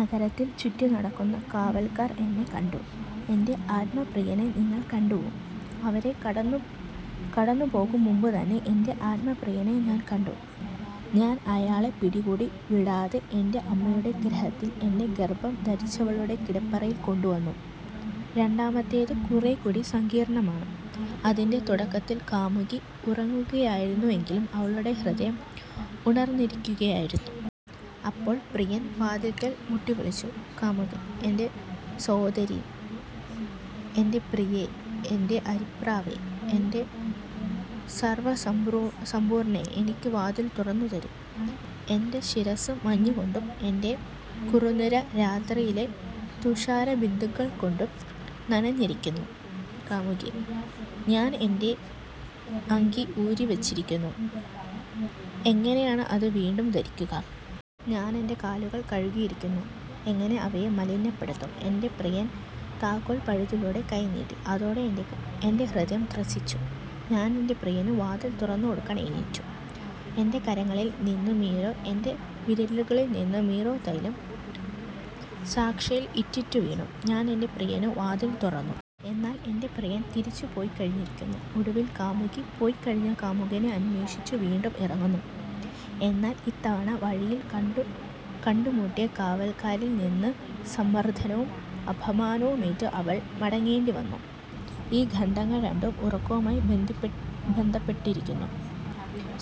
നഗരത്തിൽ ചുറ്റിനടക്കുന്ന കാവൽക്കാർ എന്നെ കണ്ടു. "എന്റെ ആത്മപ്രിയനെ നിങ്ങൾ കണ്ടുവോ? "അവരെ കടന്നുപോകുംമുമ്പുതന്നെ എന്റെ ആത്മപ്രിയനെ ഞാൻ കണ്ടു. ഞാൻ അയാളെ പിടികൂടി, വിടാതെ, എന്റെ അമ്മയുടെ ഗൃഹത്തിൽ, എന്നെ ഗർഭം ധരിച്ചവളുടെ കിടപ്പറയിൽ കൊണ്ടുവന്നു. രണ്ടാമത്തേത് കുറേക്കൂടി സങ്കീർണമാണ്. അതിന്റെ തുടക്കത്തിൽ കാമുകി, ഉറങ്ങുകയായിരുന്നെങ്കിലും അവളുടെ ഹൃദയം ഉണർന്നിരിക്കുകയായിരുന്നു. അപ്പോൾ, പ്രിയൻ വാതിൽക്കൽ മുട്ടി വിളിച്ചു. കാമുകൻ:- എന്റെ സോദരീ, എന്റെ പ്രിയേ, എന്റെ അരിപ്രാവേ, എന്റെ സർവസമ്പൂർണേ, എനിക്കു വാതിൽ തുറന്നു തരൂ; എന്റെ ശിരസ്സു മഞ്ഞുകൊണ്ടും, എന്റെ കുറുനിര രാത്രിയിലെ തുഷാരബിന്ദുക്കൾ കൊണ്ടും നനഞ്ഞിരിക്കുന്നു. കാമുകി:- ഞാൻ എന്റെ അങ്കി ഊരിവച്ചിരുന്നു, എങ്ങനെയാണ് അതു വീണ്ടും ധരിക്കുക? ഞാൻ എന്റെ കാലുകൾ കഴുകിയിരുന്നു, എങ്ങനെ അവയെ മലിനപ്പെടുത്തും? എന്റെ പ്രിയൻ താക്കോൽ പഴുതിലൂടെ കൈ നീട്ടി, അതോടെ എന്റെ ഹൃദയം ത്രസിച്ചു. ഞാൻ എന്റെ പ്രിയനു വാതിൽ തുറന്നുകൊടുക്കാൻ എഴുന്നേറ്റു. എന്റെ കരങ്ങളിൽ നിന്നു മീറാ, എന്റെ വിരലുകളിൽ നിന്നു മീറാത്തൈലം, സാക്ഷയിൽ ഇറ്റിറ്റു വീണു. ഞാൻ എന്റെ പ്രിയനു വാതിൽ തുറന്നു. എന്നാൽ എന്റെ പ്രിയൻ തിരിച്ചുപൊയ്ക്കഴിഞ്ഞിരുന്നു. ഒടുവിൽ കാമുകി, പൊയ്ക്കഴിഞ്ഞ കാമുകനെ അന്വേഷിച്ച് വീണ്ടും ഇറങ്ങുന്നു. എന്നാൽ ഇത്തവണ വഴിയിൽ കണ്ടുമുട്ടിയ കാവൽക്കാരിൽ നിന്ന് മർദ്ദനവും അപമാനവുമേറ്റ് അവൾക്ക് മടങ്ങേണ്ടി വന്നു. ഈ ഖണ്ഡങ്ങൾ രണ്ടും ഉറക്കവുമായി ബന്ധപ്പെട്ടിരിക്കുന്നു.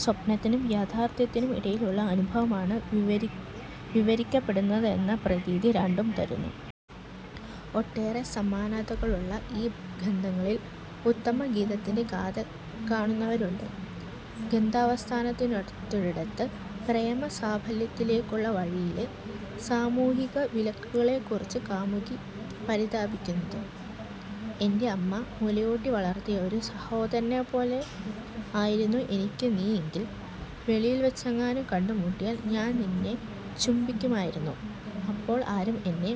സ്വപ്നത്തിനും യാഥാർഥ്യത്തിനും ഇടയിലുള്ള അനുഭവമാണ് വിവരിക്കപ്പെടുന്നത് എന്ന പ്രതീതി രണ്ടും തരുന്നു. ഒട്ടേറെ സമാനതകളുള്ള ഈ ഖണ്ഡങ്ങളിൽ ഉത്തമഗീതത്തിന്റെ കാതൽ കാണുന്നവരുണ്ട്. ഗ്രന്ഥാവസാനത്തിനടുത്തൊരിടത്ത്, പ്രേമസാഫല്യത്തിലേക്കുള്ള വഴിയിലെ സാമൂഹ്യവിലക്കുകളെക്കുറിച്ച് കാമുകി പരിതപിക്കുന്നത് "ഏന്റെ അമ്മ മുലയൂട്ടി വളർത്തിയ ഒരു സഹോദരനെപ്പോലെ ആയിരുന്നു എനിക്കു നീ എങ്കിൽ, വെളിയിൽ വച്ചെങ്ങാനും കണ്ടുമുട്ടിയാൽ ഞാൻ നിന്നെ ചുംബിക്കുമായിരുന്നു, അപ്പോൾ ആരും എന്നെ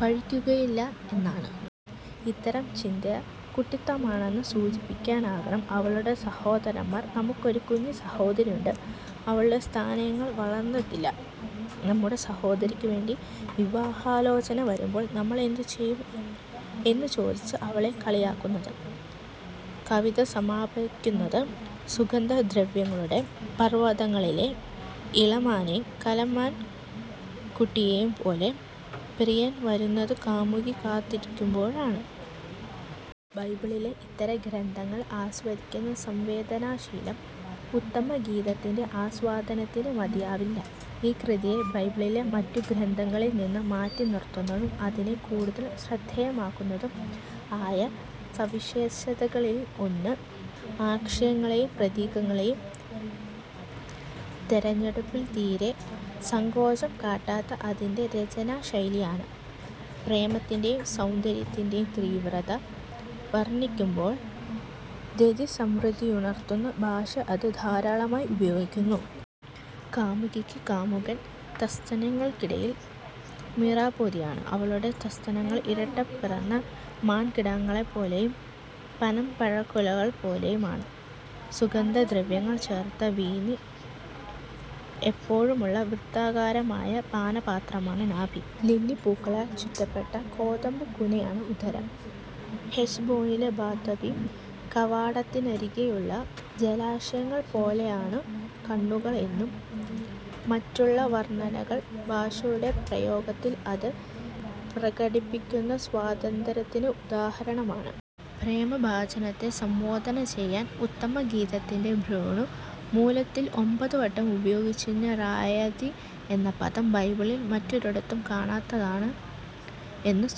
പഴിക്കുകയില്ല" എന്നാണ്. ഇത്തരം ചിന്ത കുട്ടിത്തമാണെന്ന് സൂചിപ്പിക്കാനാകണം അവളുടെ സഹോദരന്മാർ "നമുക്കൊരു കുഞ്ഞു സഹോദരിയുണ്ട്, അവളുടെ സ്തനങ്ങൾ വളർന്നിട്ടില്ല. നമ്മുടെ സഹോദരിക്കു വേണ്ടി വിവാഹാലോചന വരുമ്പോൾ നമ്മൾ എന്തു ചെയ്യും? " എന്നു ചോദിച്ച് അവളെ കളിയാക്കുന്നത്. കവിത സമാപിക്കുന്നത്, "സുഗന്ധദ്രവ്യങ്ങളുടെ പർവതങ്ങളിലെ ഇളമാനെയും കലമാൻ കുട്ടിയെയും പോലെ" പ്രിയൻ വരുന്നത് കാമുകി കാത്തിരിക്കുമ്പോഴാണ്. ബൈബിളിലെ ഇതര ഗ്രന്ഥങ്ങൾ ആസ്വദിക്കുന്ന സംവേദനശീലം ഉത്തമഗീതത്തിന്റെ ആസ്വാദനത്തിന് മതിയാവില്ല. ഈ കൃതിയെ ബൈബിളിലെ മറ്റു ഗ്രന്ഥങ്ങളിൽ നിന്ന് മാറ്റിനിർത്തുന്നതും അതിനെ കൂടുതൽ ശ്രദ്ധേയമാക്കുന്നതും ആയ സവിശേഷതകളിൽ ഒന്ന്, ആശയങ്ങളുടേയും പ്രതീകങ്ങളുടേയും തെരഞ്ഞെടുപ്പിൽ തീരെ സങ്കോചം കാട്ടാത്ത അതിന്റെ രചനാശൈലിയാണ്. പ്രേമത്തിന്റേയും സൗന്ദര്യത്തിന്റേയും തീവ്രത വർണ്ണിക്കുമ്പോൾ രതിസ്മൃതിയുണർത്തുന്ന ഭാഷ അത് ധാരാളമായി ഉപയോഗിക്കുന്നു. കാമുകിക്ക് കാമുകൻ സ്തനങ്ങൾക്കിടയിലെ മീറാപ്പൊതിയാണ്; അവളുടെ സ്തനങ്ങൾ ഇരട്ടപിറന്ന മാൻകിടാങ്ങളെപ്പോലെയും പനംപഴക്കുലകൾ പോലെയും ആണ്; സുഗന്ധദ്രവ്യങ്ങൾ ചേർത്ത വീഞ്ഞ് എപ്പോഴുമുള്ള, വൃത്താകാരമായ പാനപാത്രമാണ് നാഭി; ലില്ലിപ്പൂക്കളാൽ ചുറ്റപ്പെട്ട കോതമ്പുകൂനയാണ് ഉദരം; ഹെശ്ബ്ബോനിലെ ബാത്റബീം കവാടത്തിന്നരികെയുള്ള ജലാശയങ്ങൾപോലെയാണു കണ്ണുകൾ എന്നും മറ്റുമുള്ള വർണ്ണനകൾ ഭാഷയുടെ പ്രയോഗത്തിൽ അത് പ്രകടിപ്പിക്കുന്ന സ്വാതന്ത്ര്യത്തിന് ഉദാഹരണമാണ്. പ്രേമഭാജനത്തെ സംബോധന ചെയ്യാൻ ഉത്തമഗീതത്തിന്റെ ഹീബ്രൂ മൂലത്തിൽ ഒൻപതുവട്ടം ഉപയോഗിച്ചിരിക്കുന്ന 'റായതി' എന്ന പദം, ബൈബിളിൽ മറ്റൊരിടത്തും കാണാത്തതാണ് എന്നു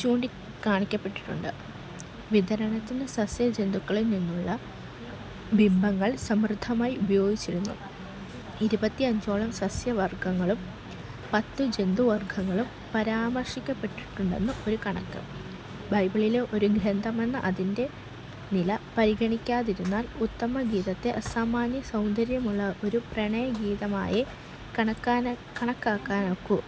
ചൂണ്ടിക്കാണിക്കപ്പെട്ടിട്ടുണ്ട്. വിവരണത്തിന് സസ്യ-ജന്തുലോകങ്ങളിൽ നിന്നുള്ള ബിംബങ്ങൾ സമൃദ്ധമായി ഉപയോഗിച്ചിരിക്കുന്നു. ഇരുപത്തഞ്ചോളം സസ്യവർഗങ്ങളും പത്ത് ജന്തുവർഗങ്ങളും പരാമർശിക്കപ്പെട്ടിട്ടുണ്ടെന്നാണ് ഒരു കണക്ക്. ബൈബിളിലെ ഒരു ഗ്രന്ഥമെന്ന അതിന്റെ നില പരിഗണിക്കാതിരുന്നാൽ, ഉത്തമഗീതത്തെ അസാമാന്യ സൗന്ദര്യമുള്ള ഒരു പ്രണയഗീതമായേ കണക്കാക്കാനൊക്കൂ.